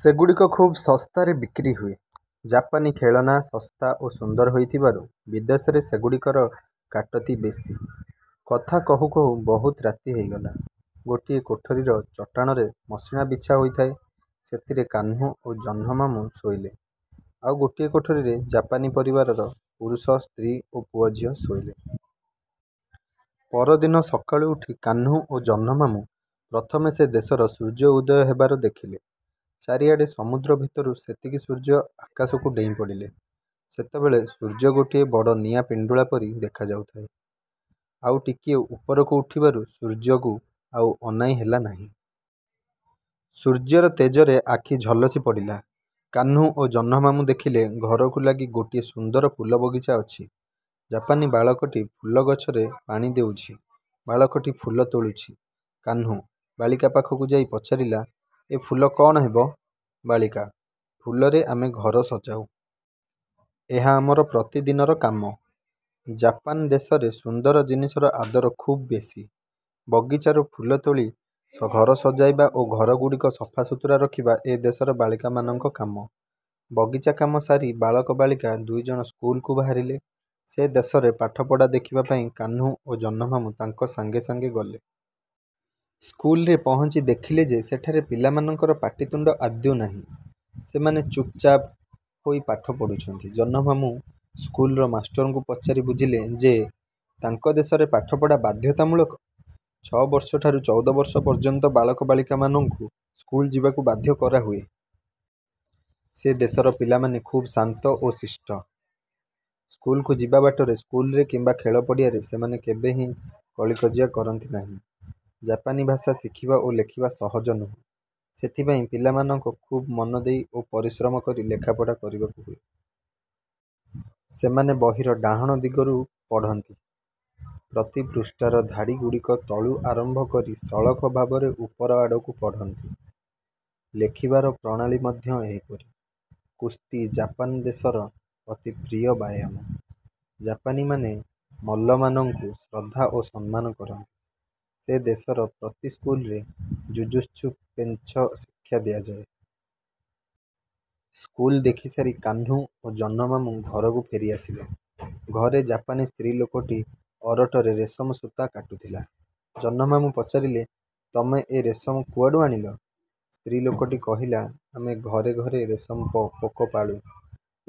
ସେଗୁଡ଼ିକ ଖୁବ୍ ଶସ୍ତାରେ ବିକ୍ରି ହୁଏ। ଜାପାନୀ ଖେଳନା ଶସ୍ତା ଓ ସୁନ୍ଦର ହୋଇଥିବାରୁ ବିଦେଶରେ ସେଗୁଡ଼ିକର କାଟତି ବେଶି। କଥା କହୁ କହୁ ବହୁତ ରାତି ହେଇଗଲା। ଗୋଟିଏ କୋଠରିର ଚଟାଣରେ ମସିଣା ବିଛା ହୋଇଥାଏ। ସେଥିରେ କାହ୍ନୁ ଓ ଜହ୍ନମାମୁଁ ଶୋଇଲେ। ଆଉ ଗୋଟିଏ କୋଠରିରେ ଜାପାନୀ ପରିବାରର ପୁରୁଷ, ସ୍ତ୍ରୀ ଓ ପୁଅଝିଅ ଶୋଇଲେ। ପରଦିନ ସକାଳୁ ଉଠି କାହ୍ନୁ ଓ ଜହ୍ନମାମୁଁ ପ୍ରଥମେ ସେ ଦେଶର ସୂର୍ଯ୍ୟ ଉଦୟ ହେବାର ଦେଖିଲେ। ଚାରିଆଡ଼େ ସମୁଦ୍ର ଭିତରୁ ସତେକି ସୂର୍ଯ୍ୟ ଆକାଶକୁ ଡେଇଁ ପଡ଼ିଲେ! ସେତେବେଳେ ସୂର୍ଯ୍ୟଗୋଟିଏ ବଡ଼ ନିଆଁ ପେଣ୍ଡୁଳା ପରି ଦେଖାଯାଉଥାଏ। ଆଉ ଟିକିଏ ଉପରକୁ ଉଠିବାରୁ ସୂର୍ଯ୍ୟକୁ ଆଉ ଅନାଇ ହେଲା ନାହିଁ। ସୂର୍ଯ୍ୟର ତେଜରେ ଆଖି ଝଲସି ପଡ଼ିଲା। କାହ୍ନୁ ଓ ଜହ୍ନମାମୁଁ ଦେଖିଲେ ଘରକୁ ଲାଗି ଗୋଟିଏ ସୁନ୍ଦର ଫୁଲବଗିଚା ଅଛି। ଜାପାନୀ ବାଳକଟି ଫୁଲଗଛରେ ପାଣି ଦେଉଛି, ବାଳକଟି ଫୁଲ ତୋଳୁଛି। କାହ୍ନୁ ବାଳିକା ପାଖକୁ ଯାଇ ପଚାରିଲା-ଏ ଫୁଲ କ'ଣ ହେବ? ବାଳିକା-ଫୁଲରେ ଆମେ ଘର ସଜାଉ। ଏହା ଆମର ପ୍ରତିଦିନର କାମ। ଜାପାନ ଦେଶରେ ସୁନ୍ଦର ଜିନିଷର ଆଦର ଖୁବ୍ ବେଶି। ବଗିଚାର ଫୁଲ ତୋଳି ଘର ସଜାଇବା ଓ ଘରଗୁଡ଼ିକ ସଫାସୁତୁରା ରଖିବା ଏ ଦେଶର ବାଳିକାମାନଙ୍କ କାମ। ବଗିଚା କାମ ସାରି ବାଳକ ବାଳିକା ଦୁଇଜଣ ସ୍କୁଲକୁ ବାହାରିଲେ। ସେ ଦେଶର ପାଠପଢ଼ା ଦେଖିବା ପାଇଁ କାହ୍ନୁ ଓ ଜହ୍ନମାମୁଁ ତାଙ୍କ ସାଙ୍ଗେ ସାଙ୍ଗେ ଗଲେ। ସ୍କୁଲରେ ପହଞ୍ଚି ଦେଖିଲେ ଯେ ସେଠାରେ ପିଲାମାନଙ୍କର ପାଟିତୁଣ୍ଡ ଆଦୌ ନାହିଁ। ସେମାନେ ଚୁପ୍ଚାପ୍ ହୋଇ ପାଠ ପଢ଼ୁଛନ୍ତି। ଜହ୍ନମାମୁଁ ସ୍କୁଲର ମାଷ୍ଟରଙ୍କୁ ପଚାରି ବୁଝିଲେ ଯେ, ତାଙ୍କ ଦେଶରେ ପାଠପଢ଼ା ବାଧ୍ୟତାମୂଳକ। ଛ'ବର୍ଷଠାରୁ ଚଉଦ ବର୍ଷ ପର୍ଯ୍ୟନ୍ତ ବାଳକ ବାଲିକାମାନଙ୍କୁ ସ୍କୁଲ ଯିବାକୁ ବାଧ୍ୟ କରାହୁଏ। ସେ ଦେଶର ପିଲାମାନେ ଖୁବ୍ ଶାନ୍ତ ଓ ଶିଷ୍ଟ। ସ୍କୁଲକୁ ଯିବା ବାଟରେ, ସ୍କୁଲରେ କିମ୍ବା ଖେଳପଡ଼ିଆରେ ସେମାନେ କେବେହେଁ କଳିକଜିଆ କରନ୍ତି ନାହିଁ। ଜାପାନୀ ଭାଷା ଶିଖିବା ଓ ଲେଖିବା ସହଜ ନୁହେଁ। ସେଥିପାଇଁ ପିଲାମାନଙ୍କ ଖୁବ୍ ମନଦେଇ ଓ ପରିଶ୍ରମ କରି ଲେଖାପଢ଼ା କରିବାକୁ ହୁଏ। ସେମାନେ ବହିର ଡାହାଣ ଦିଗରୁ ପଢ଼ନ୍ତି। ପ୍ରତି ପୃଷ୍ଠାର ଧାଡ଼ିଗୁଡ଼ିକ ତଳୁ ଆରମ୍ଭ କରି ସଳଖ ଭାବରେ ଉପର ଆଡ଼କୁ ପଢ଼ନ୍ତି। ଲେଖିବାର ପ୍ରଣାଳୀ ମଧ୍ୟ ଏହିପରି। କୁସ୍ତି ଜାପାନ ଦେଶର ଅତି ପ୍ରିୟ ବ୍ୟାୟାମ। ଜାପାନୀମାନେ ମାଲମାନଙ୍କୁ ଶ୍ରଦ୍ଧା ଓ ସମ୍ମାନ କରନ୍ତି। ସେ ଦେଶର ପ୍ରତି ସ୍କୁଲରେ ଯୁଯୁତ୍ସୁ ପେଞ୍ଚ ଶିକ୍ଷା ଦିଆଯାଏ। ସ୍କୁଲ ଦେଖିସାରି କାହ୍ନୁ ଓ ଜହ୍ନମାମୁଁ ଘରକୁ ଫେରି ଆସିଲେ। ଘରେ ଜାପାନୀ ସ୍ତ୍ରୀଲୋକଟି ଅରଟରେ ରେଶମ ସୂତା କାଟୁଥିଲା। ଜହ୍ନମାମୁଁ ପଚାରିଲେ-ତମେ ଏ ରେଶମ କୁଆଡ଼ୁ ଆଣିଲ? ସ୍ତ୍ରୀଲୋକଟି କହିଲା-ଆମେ ଘରେ ଘରେ ରେଶମ ପୋକ ପାଳୁ।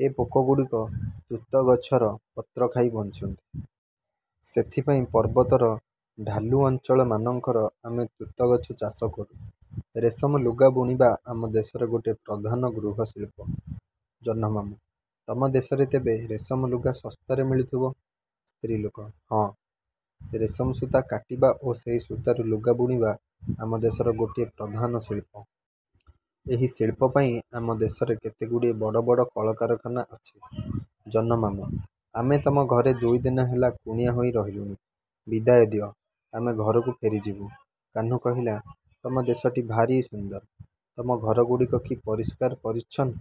ଏ ପୋକଗୁଡ଼ିକ ତୁତଗଛର ପତ୍ର ଖାଇ ବଞ୍ଚନ୍ତି। ସେଥିପାଇଁ ପର୍ବତର ଢାଲୁ ଅଞ୍ଚଳମାନଙ୍କର ଆମେ ତୁତଗଛ ଚାଷ କରୁ। ରେଶମ ଲୁଗା ବୁଣିବା ଆମ ଦେଶର ଗୋଟିଏ ପ୍ରଧାନ ଗୃହଶିଳ୍ପ। ଜହ୍ନମାମୁଁ-ତମ ଦେଶରେ ତେବେ ରେଶମ ଲୁଗା ଶସ୍ତାରେ ମିଳୁଥିବ? ସ୍ତ୍ରୀଲୋକ-ହଁ, ରେଶମ ସୂତା କାଟିବା ଓ ସେହି ସୂତାରୁ ଲୁଗା ବୁଣିବା ଆମ ଦେଶର ଗୋଟିଏ ପ୍ରଧାନ ଶିଳ୍ପ। ଏହି ଶିଳ୍ପ ପାଇଁ ଆମ ଦେଶରେ କେତେଗୁଡ଼ିଏ ବଡ଼ ବଡ଼ କଳକାରଖାନା ଅଛି। ଜହ୍ନମାମୁଁ-ଆମେ ତମ ଘରେ ଦୁଇଦିନେ ହେଲା କୁଣିଆ ହୋଇ ରହିଲୁଣି। ବିଦାୟ ଦିଅ, ଆମେ ଘରକୁ ଫେରିଯିବୁ। କାହ୍ନୁ କହିଲା-ତମ ଦେଶଟି ଭାରି ସୁନ୍ଦର ଦେଶ। ତମ ଘରଗୁଡ଼ିକ କି ପରିଷ୍କାର ପରିଚ୍ଛନ୍ନ!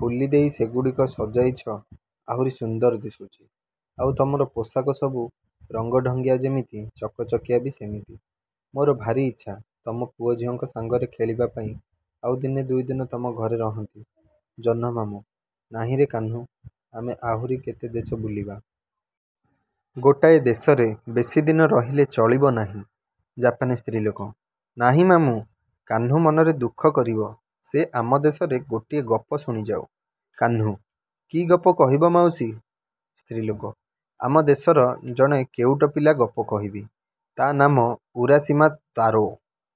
ଫୁଲିଦେଇ ସେଗୁଡ଼ିକ ସଜାଇଛ-ଆହୁରି ସୁନ୍ଦର ଦିଶୁଛି। ଆଉ ତମର ପୋଷାକ ସବୁ ରଙ୍ଗଢଙ୍ଗିଆ ଯେମିତି, ଚକଚକିଆ ବି ସେମିତି। ମୋର ଭାରି ଇଚ୍ଛା, ତମ ପୁଅ ଝିଅଙ୍କ ସାଙ୍ଗରେ ଖେଳିବା ପାଇଁ ଆଉ ଦିନେ ଦୁଇଦିନ ତମ ଘରେ ରହନ୍ତି। ଜହ୍ନମାମୁଁ-ନାହିଁରେ କାହ୍ନୁ! ଆମେ ଆହୁରି କେତେ ଦେଶ ବୁଲିବା। ଗୋଟାଏ ଦେଶରେ ବେଶୀ ଦିନ ରହିଲେ ଚଳିବ ନାହିଁ। ଜାପାନୀ ସ୍ତ୍ରୀଲୋକ-ନାହିଁ ମାମୁଁ! କାହ୍ନୁ ମନରେ ଦୁଃଖ କରିବ। ସେ ଆମ ଦେଶର ଗୋଟିଏ ଗପ ଶୁଣିଯାଉ। କାହ୍ନୁ-କି ଗପ କହିବ ମାଉସୀ? ସ୍ତ୍ରୀଲୋକ-ଆମ ଦେଶର ଜଣେ କେଉଟ ପିଲା ଗପ କହିବି। ତା' ନାମ ଉରାଶିମା ତାରୋ।